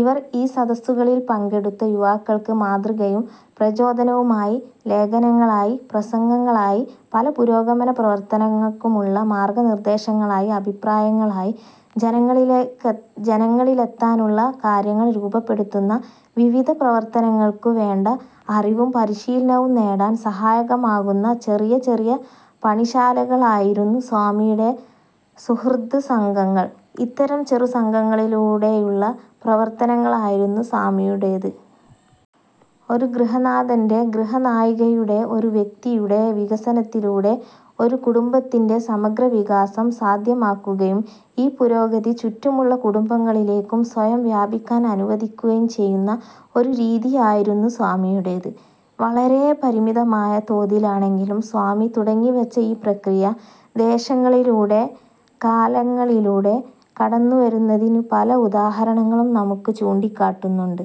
ഇവർ ഈ സദസ്സുകളിൽ പങ്കെടുത്ത യുവാക്കൾക്ക് മാതൃകയും പ്രചോദനവുമായി. ലേഖനങ്ങളായി, പ്രസംഗങ്ങളായി, പല പുരോഗമന പ്രവർത്തനങ്ങൾക്കുമുള്ള മാർഗ്ഗ നിർദ്ദേശങ്ങളായി, അഭിപ്രായങ്ങളായി, ജനങ്ങളിലെത്താനുള്ള കാര്യങ്ങൾ രൂപപ്പെടുത്തുന്ന വിവിധ പ്രവർത്തനങ്ങൾക്കു് വേണ്ട അറിവും പരിശീലനവും നേടാൻ സഹായകമാകുന്ന ചെറിയ ചെറിയ പണിശാലകളായിരുന്നു സ്വാമിയുടെ സുഹൃദ്സംഘങ്ങൾ. ഇത്തരം ചെറു സംഘങ്ങളിലൂടെയുള്ള പ്രവർത്തനങ്ങളായിരുന്നു സ്വാമിയുടേതു്. ഒരു ഗൃഹനാഥന്റെ, ഗൃഹനായികയുടെ, ഒരു വ്യക്തിയുടെ വികസനത്തിലൂടെ ഒരു കുടുംബത്തിന്റെ സമഗ്ര വികാസം സാദ്ധ്യമാക്കുകയും ഈ പുരോഗതി ചുറ്റുമുള്ള കുടുംബങ്ങളിലേക്കും സ്വയം വ്യാപിക്കാൻ അനുവദിക്കുകയും ചെയ്യുന്ന ഒരു രീതിയായിരുന്നു സ്വാമിയുടേതു്. വളരെ പരിമിതമായ തോതിലാണെങ്കിലും സ്വാമി തുടങ്ങിവച്ച ഈ പ്രക്രിയ ദേശങ്ങളിലൂടെ കാലങ്ങളിലൂടെ കടന്നുവരുന്നെന്നതിനു് പല ഉദാഹരണങ്ങളും നമുക്കു് ചൂണ്ടിക്കാട്ടാനുണ്ടു്.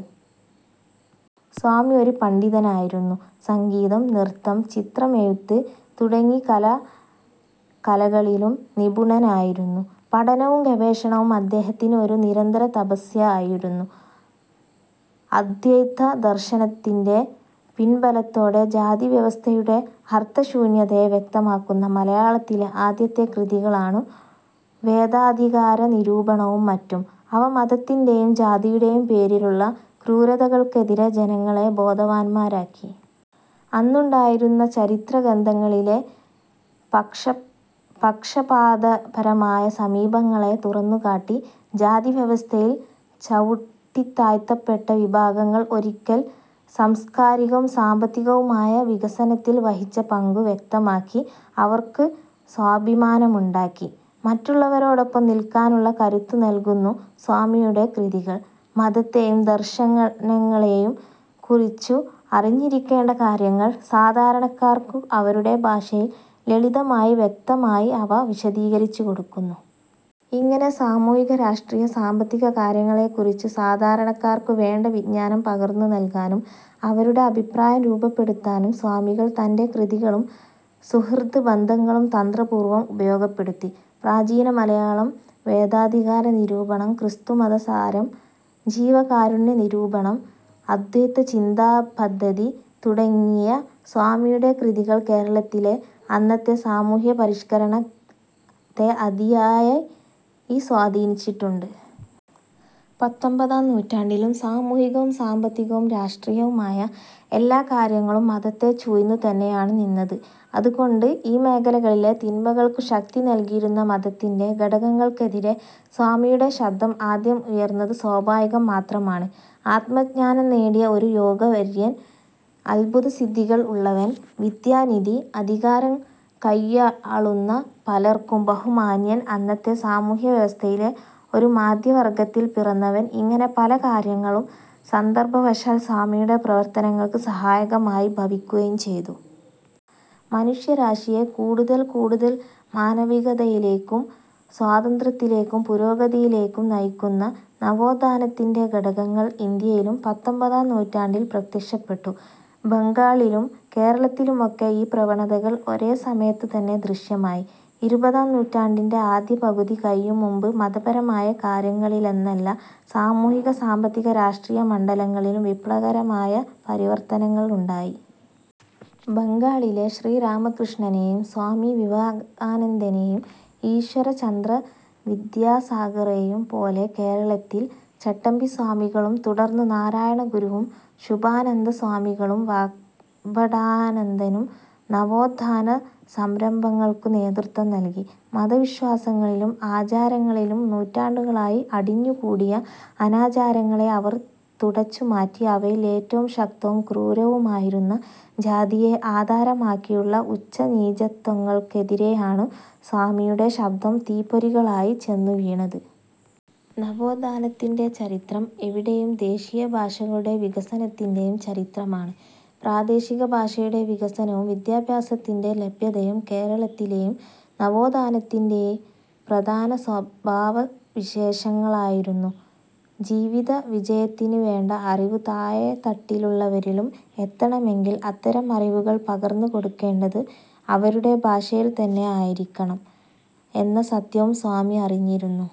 സ്വാമി ഒരു പണ്ഡിതനായിരുന്നു. സംഗീതം, നൃത്തം, ചിത്രമെഴുത്തു് തുടങ്ങി സകല കലകളിലും നിപുണനായിരുന്നു. പഠനവും ഗവേഷണവും അദ്ദേഹത്തിനു് ഒരു നിരന്തര തപസ്യയായിരുന്നു. അദ്വൈത ദർശനത്തിന്റെ പിൻബലത്തോടെ ജാതി വ്യവസ്ഥയുടെ അർത്ഥശൂന്യതയെ വ്യക്തമാക്കുന്ന മലയാളത്തിലെ ആദ്യത്തെ കൃതികളാണു് വേദാധികാരനിരൂപണവും മറ്റും. അവ മതത്തിന്റെയും ജാതിയുടെയും പേരിലുള്ള ക്രൂരതകൾക്കെതിരെ ജനങ്ങളെ ബോധവാന്മാരാക്കി. അന്നുണ്ടായിരുന്ന ചരിത്ര ഗ്രന്ഥങ്ങളിലെ പക്ഷപാതപരമായ സമീപനങ്ങളെ തുറന്നുകാട്ടി, ജാതി വ്യവസ്ഥയിൽ ചവുട്ടിതാഴ്ത്തപ്പെട്ട വിഭാഗങ്ങൾ ഒരിക്കൽ സാംസ്കാരികവും സാമ്പത്തികവുമായ വികസനത്തിൽ വഹിച്ച പങ്കു് വ്യക്തമാക്കി അവർക്കു് സ്വാഭിമാനമുണ്ടാക്കി മറ്റുള്ളവരോടൊപ്പം നിൽക്കാനുള്ള കരുത്തു് നൽകുന്നു സ്വാമിയുടെ കൃതികൾ. മതത്തെയും ദർശനങ്ങളെയും കുറിച്ചു് അറിഞ്ഞിരിക്കേണ്ട കാര്യങ്ങൾ സാധാരണക്കാർക്കു് അവരുടെ ഭാഷയിൽ, ലളിതമായി വ്യക്തമായി അവ വിശദീകരിച്ചു കൊടുക്കുന്നു. ഇങ്ങനെ സാമൂഹിക രാഷ്ട്രീയ സാമ്പത്തിക കാര്യങ്ങളെക്കുറിച്ചു് സാധാരണക്കാർക്കു് വേണ്ട വിജ്ഞാനം പകർന്നു് നൽകാനും അവരുടെ അഭിപ്രായം രൂപപ്പെടുത്താനും സ്വാമികൾ തന്റെ കൃതികളും സുഹൃദ് ബന്ധങ്ങളും തന്ത്രപൂർവ്വം ഉപയോഗപ്പെടുത്തി. പ്രാചീനമലയാളം, വേദാധികാര നിരൂപണം, ക്രിസ്തുമതസാരം, ജീവകാരുണ്യനിരൂപണം, അദ്വൈതചിന്താപദ്ധതി തുടങ്ങിയ സ്വാമിയുടെ കൃതികൾ കേരളത്തിലെ അന്നത്തെ സാമൂഹ്യപരിഷ്കരണത്തെ അതിയായി സ്വാധീനിച്ചിട്ടുണ്ടു്. പത്തൊമ്പതാം നൂറ്റാണ്ടിലും സാമൂഹികവും സാമ്പത്തികവും രാഷ്ട്രീയവും ആയ എല്ലാ കാര്യങ്ങളും മതത്തെ ചൂഴ്ന്നു തന്നെയാണു് നിന്നതു്. അതുകൊണ്ടു് ഈ മേഖലകളിലെ തിന്മകൾക്കു് ശക്തി നൽകിയിരുന്ന മതത്തിന്റെ ഘടകങ്ങൾക്കെതിരെ സ്വാമിയുടെ ശബ്ദം ആദ്യം ഉയർന്നതു് സ്വാഭാവികം മാത്രമാണു്. ആത്മജ്ഞാനം നേടിയ ഒരു യോഗവര്യൻ, അത്ഭുതസിദ്ധികൾ ഉള്ളവൻ, വിദ്യാനിധി, അധികാരം കൈയ്യാളുന്ന പലർക്കും ബഹുമാന്യൻ, അന്നത്തെ സാമൂഹ്യ വ്യവസ്ഥയിലെ ഒരു മധ്യവർഗത്തിൽ പിറന്നവൻ ഇങ്ങനെ പല കാര്യങ്ങളും സന്ദർഭവശാൽ സ്വാമിയുടെ പ്രവർത്തനങ്ങൾക്കു് സഹായകമായി ഭവിക്കുകയും ചെയ്തു. മനുഷ്യരാശിയെ കൂടുതൽ കൂടുതൽ മാനവികതയിലേക്കും, സ്വാതന്ത്ര്യത്തിലേക്കും, പുരോഗതിയിലേക്കും നയിക്കുന്ന നവോത്ഥാനത്തിന്റെ ഘടകങ്ങൾ ഇന്ത്യയിലും പത്തൊമ്പതാം നൂറ്റാണ്ടിൽ പ്രത്യക്ഷപ്പെട്ടു. ബംഗാളിലും കേരളത്തിലുമൊക്കെ ഈ പ്രവണതകൾ ഒരേ സമയത്തു തന്നെ ദൃശ്യമായി. ഇരുപതാം നൂറ്റാണ്ടിന്റെ ആദ്യപകുതി കഴിയും മുമ്പു് മതപരമായ കാര്യങ്ങളിലെന്നല്ല, സാമൂഹിക, സാമ്പത്തിക രാഷ്ട്രീയ മണ്ഡലങ്ങളിലും വിപ്ലവകരമായ പരിവർത്തനങ്ങൾ ഉണ്ടായി. ബംഗാളിലെ ശ്രീ രാമകൃഷ്ണനെയും, സ്വാമി വിവേകാനന്ദനെയും, ഈശ്വര ചന്ദ്ര വിദ്യസാഗറെയും പോലെ കേരളത്തിൽ ചട്ടമ്പിസ്വാമികളും, തുടർന്നു് നാരയണഗുരുവും, ശൂഭാനന്ദ സ്വാമികളും, വാഗ്ഭടാനന്ദനും നവോത്ഥാന സംരംഭംങ്ങൾക്കു് നേതൃത്വം നൽകി. മത വിശ്വാസങ്ങളിലും ആചാരങ്ങളിലും നൂറ്റാണ്ടുകളായി അടിഞ്ഞുകൂടിയ അനാചാരങ്ങളെ അവർ തുടച്ചുമാറ്റി അവയിൽ ഏറ്റവും ശക്തവും ക്രൂരവുമായിരുന്ന ജാതിയെ ആധാരമാക്കിയുള്ള ഉച്ച നീചത്വങ്ങൾക്കെതിരെയാണു് സ്വാമിയുടെ ശബ്ദം തീപ്പൊരികളായി ചെന്നു് വീണതു്. നവോത്ഥാനത്തിന്റെ ചരിത്രം എവിടെയും ദേശീയ ഭാഷകളുടെ വികസനത്തിന്റെയും ചരിത്രമാണു്. പ്രാദേശിക ഭാഷയുടെ വികസനവും വിദ്യാഭ്യാസത്തിന്റെ ലഭ്യതയും കേരളത്തിലെയും നവേത്ഥാനത്തിന്റെ പ്രധാന സ്വഭാവവിശേഷങ്ങളായിരുന്നു. ജീവിത വിജയത്തിന് വേണ്ട അറിവു് താഴെത്തട്ടിലുള്ളവരിലും എത്തണമെങ്കിൽ അത്തരം അറിവുകൾ പകർന്നു കൊടുക്കേണ്ടതു് അവരുടെ ഭാഷയിൽ തന്നെ ആയിരിക്കണം എന്ന സത്യവും സ്വാമി അറിഞ്ഞിരുന്നു.